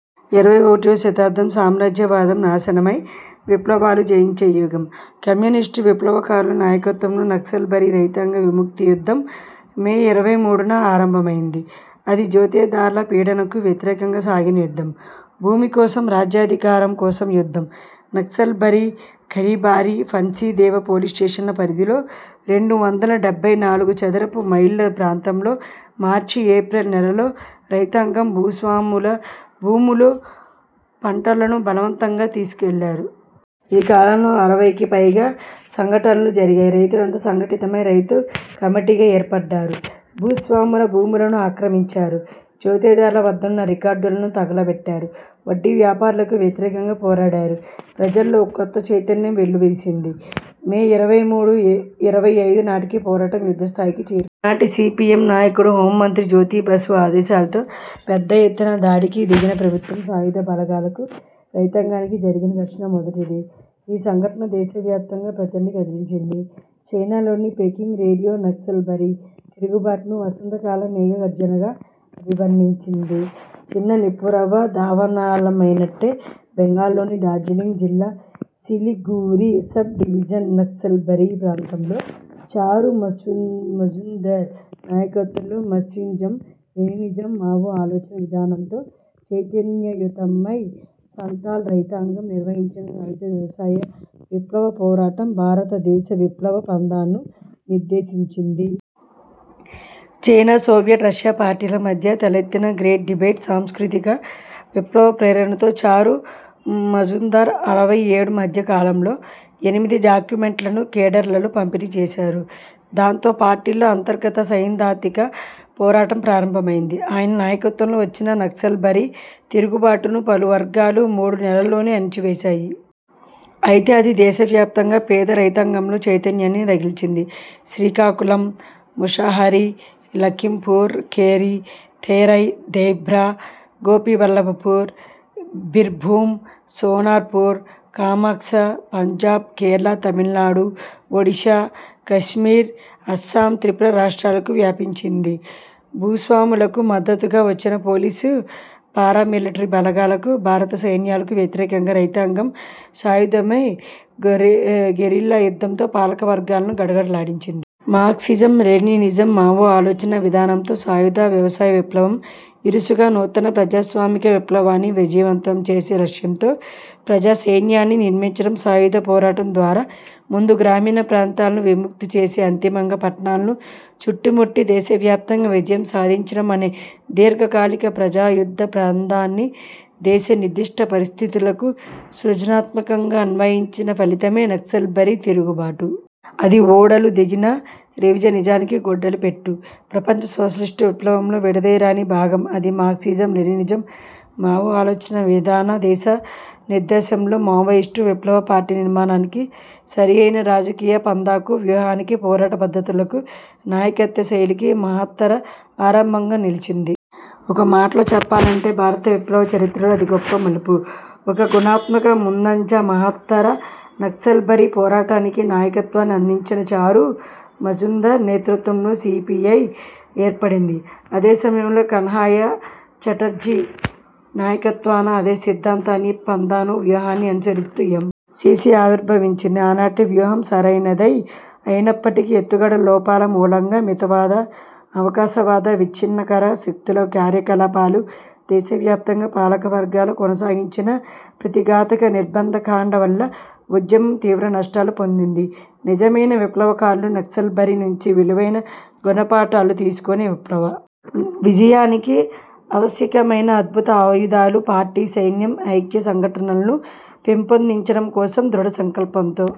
ఇరవై ఒకటివ శతాబ్దం సామ్రాజ్యవాదం నాశనమై, విప్లవాలు జయించే యుగం! కమ్యూనిస్టు విప్లవకారుల నాయకత్వంలో నక్సల్బరీ రైతాంగ విముక్తి యుద్ధం మే ఇరవై మూడున ఆరంభమైంది. అది జోతేదార్ల పీడనకు వ్యతిరేకంగా సాగిన యుద్ధం. భూమి కోసం రాజ్యాధికారం కోసం యుద్ధం. నక్సల్బరీ, ఖరీబారీ, ఫన్సీ దేవా పోలీస్ స్టేషన్ల పరిధిలో రెండు వందల డెబ్బై నాలుగు చదరపు మైళ్ళ ప్రాంతంలో మార్చి, ఏప్రిల్ నెలల్లో రైతాంగం భూస్వాముల భూముల్లో పంటలను బలవంతంగా తీసుకెళ్ళారు. ఈ కాలంలో అరవైకి పైగా సంఘటనలు జరిగాయి. రైతులంతా సంఘటితమై రైతు కమిటీగా ఏర్పడ్డారు. భూస్వాముల భూములను ఆక్రమించారు. జోతేదార్ల వద్దనున్న రికార్డులను తగులబెట్టారు. వడ్డీ వ్యాపారులకు వ్యతిరేకంగా పోరాడారు. ప్రజల్లో ఒక కొత్త చైతన్యం వెల్లివిరిసింది. మే ఇరవై మూడు, ఇరవై ఐదు నాటికి పోరాటం యుద్ధ స్థాయికి చేరుకుంది. ఆనాటి సిపిఎం నాయకుడు, హోంమంత్రి జ్యోతి బసు ఆదేశాలతో పెద్ద ఎత్తున దాడికి దిగిన ప్రభుత్వ సాయుధ బలగాలకు, రైతాంగానికి జరిగిన ఘర్షణ మొదటిది. ఈ సంఘటన దేశవ్యాప్తంగా ప్రజల్ని కదిలించింది. చైనాలోని పెకింగ్ రేడియో నక్సల్బరీ తిరుగుబాటును వసంతకాల మేఘ గర్జనగా అభివర్ణించింది. చిన్న నిప్పురవ్వ దావానలమైనట్టే బెంగాల్లోని డార్జిలింగ్ జిల్లా సిలిగురి సబ్ డివిజన్ నక్సల్బరీ ప్రాంతంలో చారుమజుందార్ నాయకత్వంలో మార్క్సిజం–లెనినిజం–మావో ఆలోచనా విధానంతో చైతన్యయుతమై సంతాల్ రైతాంగం నిర్వహించిన సాయుధ వ్యవసాయ విప్లవ పోరాటం భారత దేశ విప్లవ పంథాను నిర్దేశించింది. చైనా, సోవియట్ రష్యా పార్టీల మధ్య తలెత్తిన గ్రేట్ డిబేట్, సాంస్కృతిక విప్లవ ప్రేరణతో చారు మజుందార్ అరవై ఏడు మధ్య కాలంలో ఎనిమిది డాక్యుమెంట్లను కేడర్లలో పంపిణీ చేశారు. దాంతో పార్టీలో అంతర్గత సైద్ధాంతిక పోరాటం ప్రారంభమైంది. ఆయన నాయకత్వంలో వచ్చిన నక్సల్బరీ తిరుగుబాటును పాలకవర్గాలు మూడు నెలల్లోనే అణిచివేశాయి. అయితే అది దేశవ్యప్తంగా పేద రైతాంగంలో చైతన్యాన్ని రగిల్చింది. శ్రీకాకుళం, ముషాహరి, లఖింపూర్ ఖేరి, తెరై, దేబ్రా, గోపివల్లబ్పూర్, బీర్భూమ్, సోనార్ పూర్, కామ్క్స, పంజాబ్, కేరళ, తమిళనాడు, ఒడిశా, కశ్మీర్, అస్సామ్, త్రిపుర రాష్ట్రాలకు వ్యాపించింది. భూస్వాములకు మద్దతుగా వచ్చిన పోలీసు పారా మిలిటరీ బలగాలకు, భారత సైన్యాలకు వ్యతిరేకంగా రైతాంగం సాయుధమై గెరిల్లా యుద్ధంతో పాలకవర్గాలను గడగడలాడించింది. మార్క్సిజం–లెనినిజం–మావో ఆలోచనా విధానంతో సాయుధ వ్యవసాయ విప్లవం ఇరుసుగా నూతన ప్రజాస్వామిక విప్లవాన్ని విజయవంతం చేసే లక్ష్యంతో ప్రజాసైన్యాన్ని నిర్మించడం సాయుధ పోరాటం ద్వారా ముందు గ్రామీణ ప్రాంతాలను విముక్తి చేసి అంతిమంగా పట్టణాలను చుట్టుముట్టి దేశవ్యాప్తంగా విజయం సాధించడం అనే దీర్ఘకాలిక ప్రజాయుద్ధ పంథాని దేశ నిర్దిష్ట పరిస్థితులకు సృజనాత్మకంగా అన్వయించిన ఫలితమే నక్సల్బరీ తిరుగుబాటు. అది ఊడలు దిగిన రివిజ నిజానికి గొడ్డలిపెట్టు. ప్రపంచ సోషలిస్టు విప్లవంలో విడదీయరాని భాగం. అది మార్క్సిజం–లెనినిజం–మావో ఆలోచనా విధాన దిశా నిర్దేశంలో మావోయిస్టు విప్లవ పార్టీ నిర్మాణానికి, సరి యైన రాజకీయ పంథాకు, వ్యూహానికి, పోరాట పద్ధతులకు, నాయకత్వ శైలికి మహత్తర ఆరంభంగా నిలిచింది. ఒక మాటలో చెప్పాలంటే భారత విప్లవ చరిత్రలో అది ఒక గొప్ప మలుపు. ఒక గుణాత్మక ముందంజ. మహత్తర నక్సల్బరీ పోరాటానికి నాయకత్వాన్ని అందించిన చారు మజుందార్ నేతృత్వంలో సి. పి. ఐ. ఏర్పడింది. అదే సమయంలో కన్హయ చటర్జీ నాయకత్వాన అదే సిద్ధాంతాన్నీ, పంథాను, వ్యూహాన్నీ అనుసరిస్తూ ఎం. సి. సి. ఆవిర్భవించింది. ఆనాటి వ్యూహం సరైనదే అయినప్పటికీ ఎత్తుగడల లోపాల మూలంగా మితవాద, అవకాశవాద విచ్ఛిన్నకర శక్తుల కార్యకలాపాలు, దేశవ్యాప్తంగా పాలకవర్గాలు కొనసాగించిన ప్రతిఘాతుక నిర్బంధకాండ వల్ల ఉద్యమం తీవ్ర నష్టాలు పొందింది. నిజమైన విప్లవకారులు నక్సల్బరీ నుంచి విలువైన గుణపాఠాలు తీసుకొని విప్లవ విజయానికి అవశ్యకమైన అద్భుత ఆయుధాలు పార్టీ, సైన్యం, ఐక్య సంఘటనలను పెంపొందించడం కోసం ధృఢ సంకల్పంతో,